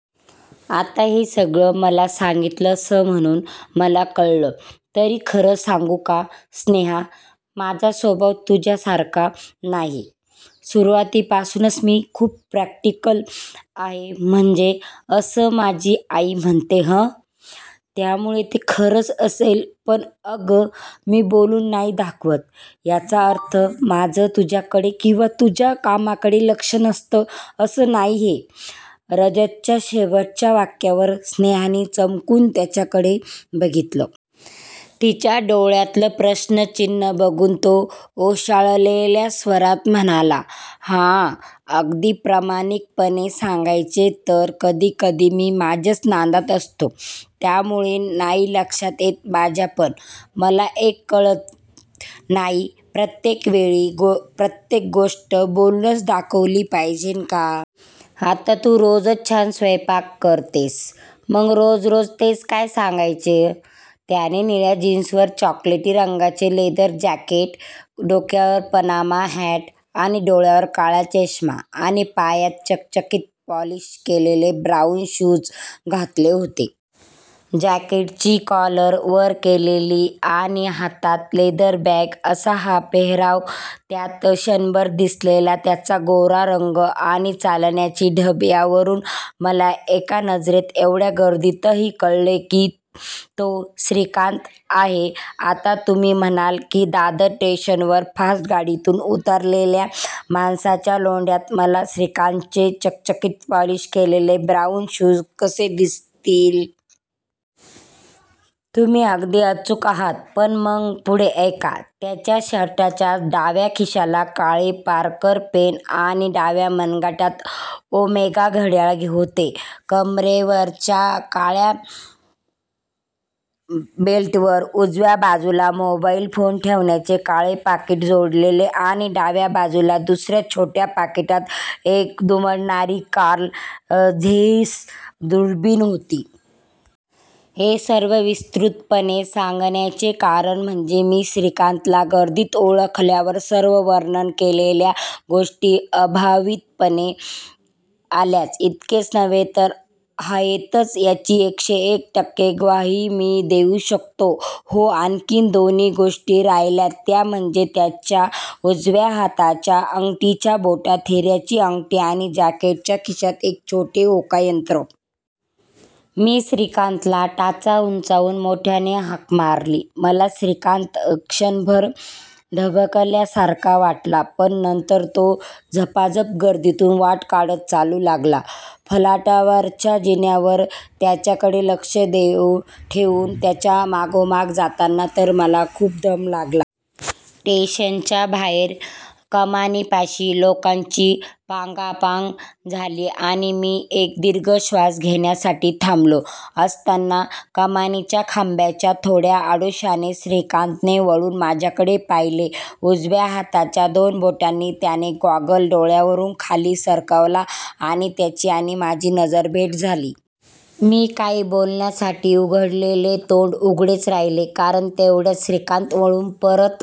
आत्ता हे सगळं मला सांगितलंस म्हणून मला कळलं तरीखरं सांगू का स्नेहा, माझा स्वभाव तुझ्यासारखा नाहीये. सुरुवातीपासूनच मी खूप प्रॅक्टिकल आहेम्हणजे असं माझी आई म्हणते हं! त्यामुळे ते खरंच असेल. पण अगं, मी बोलून नाही दाखवत याचा अर्थ माझं तुझ्याकडे किंवा तुझ्या कामांकडे लक्ष नसतं असं नाहीये" रजतच्या शेवटच्या वाक्यावर स्नेहानी चमकून त्याच्याकडे बघितलं. तिच्या डोळ्यातलं प्रश्नचिन्ह बघून तो ओशाळलेल्या स्वरात म्हणाला," हां, अगदी प्रामाणिकपणे सांगायचं तर कधीकधी मी माझ्याच नादात असतो त्यामुळे नाही लक्षात येत माझ्यापण मला एक कळत नाहीप्रत्येक वेळी प्रत्येक गोष्ट बोलूनच दाखवली पाहिजे का? आता तू रोजच छान स्वैपाक करतेस; मग रोज रोज तेच काय सांगायचं! त्याने निळ्या जीन्सवर चॉकलेटी रंगाचे लेदर जँकेट, डोक्यावर पनामा हँट आणि डोळ्यावर काळा चष्मा आणि पायात चकचकीत पॉलिश केलेले ब्राऊन शूज घातले होते. जँकेटची कॉलर वर केलेली आणि हातात लेदर बँग असा हा पेहेराव, त्यात क्षणभर दिसलेला त्याचा गोरा रंग आणि चालण्याची ढब यावरून मला एका नजरेत एवढ्या गर्दीतही कळले की तो श्रीकांत आहे. आता तुम्ही म्हणाल की दादर स्टेशनवर फास्ट गाडीतून उतरलेल्या माणसांच्या लोंढ्यात मला श्रीकांतचे चकचकीत पॉलिश केलेले ब्राऊन शूज कसे दिसतील? तुम्ही अगदी अचूक आहात पण मग पुढे ऐका! त्याच्या शर्टाच्या डाव्या खिशाला काळे पारकर पेन आणि डाव्या मनगटात ओमेगा घड्याळ होते. कमरेवरच्या काळ्या बेल्टवर उजव्या बाजूला मोबाईल फोन ठेवण्याचे काळे पाकीट जोडलेले आणि डाव्या बाजूला दुसऱ्या छोट्या पाकिटात एक दुमडणारी कार्ल झेईस दुर्बिण होती. हे सर्व विस्तृतपणे सांगण्याचे कारण म्हणजे मी श्रीकांतला गर्दीत ओळखल्यावर सर्व वर्णन केलेल्या गोष्टी अभावितपणे आल्याच. इतकेच नव्हे तर आहेतच याची एकशे एक टक्के ग्वाही मी देऊ शकतो. हो, आणखी दोन गोष्टी राहिल्या त्या म्हणजे त्याच्या उजव्या हाताच्या अंगठीच्या बोटात हिऱ्याची अंगठी आणि जँकेटच्या खिशात एक छोटे होकायंत्र! मी श्रीकांतला टाचा उंचावून मोठ्याने हाक मारली. मला श्रीकांत क्षणभर थबकल्या सारखा वाटला पण नंतर तो झपाझप गर्दीतून वाट काढत चालू लागला. फलाटावरच्या जिन्यावर त्याच्याकडे लक्ष ठेऊन त्याच्या मागोमाग जाताना तर मला खूप दम लागला. स्टेशनच्या बाहेर कमानीपाशी लोकांची पांगापांग झाली आणि मी एक दीर्घ श्वास घेण्यासाठी थांबलो असताना कमानीच्या खांबाच्या थोड्या आडोशाने श्रीकांतने वळून माझ्याकडे पहिले. उजव्या हाताच्या दोन बोटांनी त्याने गॉगल डोळ्यावरून खाली सरकवला आणि त्याची आणि माझी नजरभेट झाली. मी काही बोलण्यासाठी उघडलेले तोंड उघडेच राहिले कारण तेवढ्यात श्रीकांत वळून परत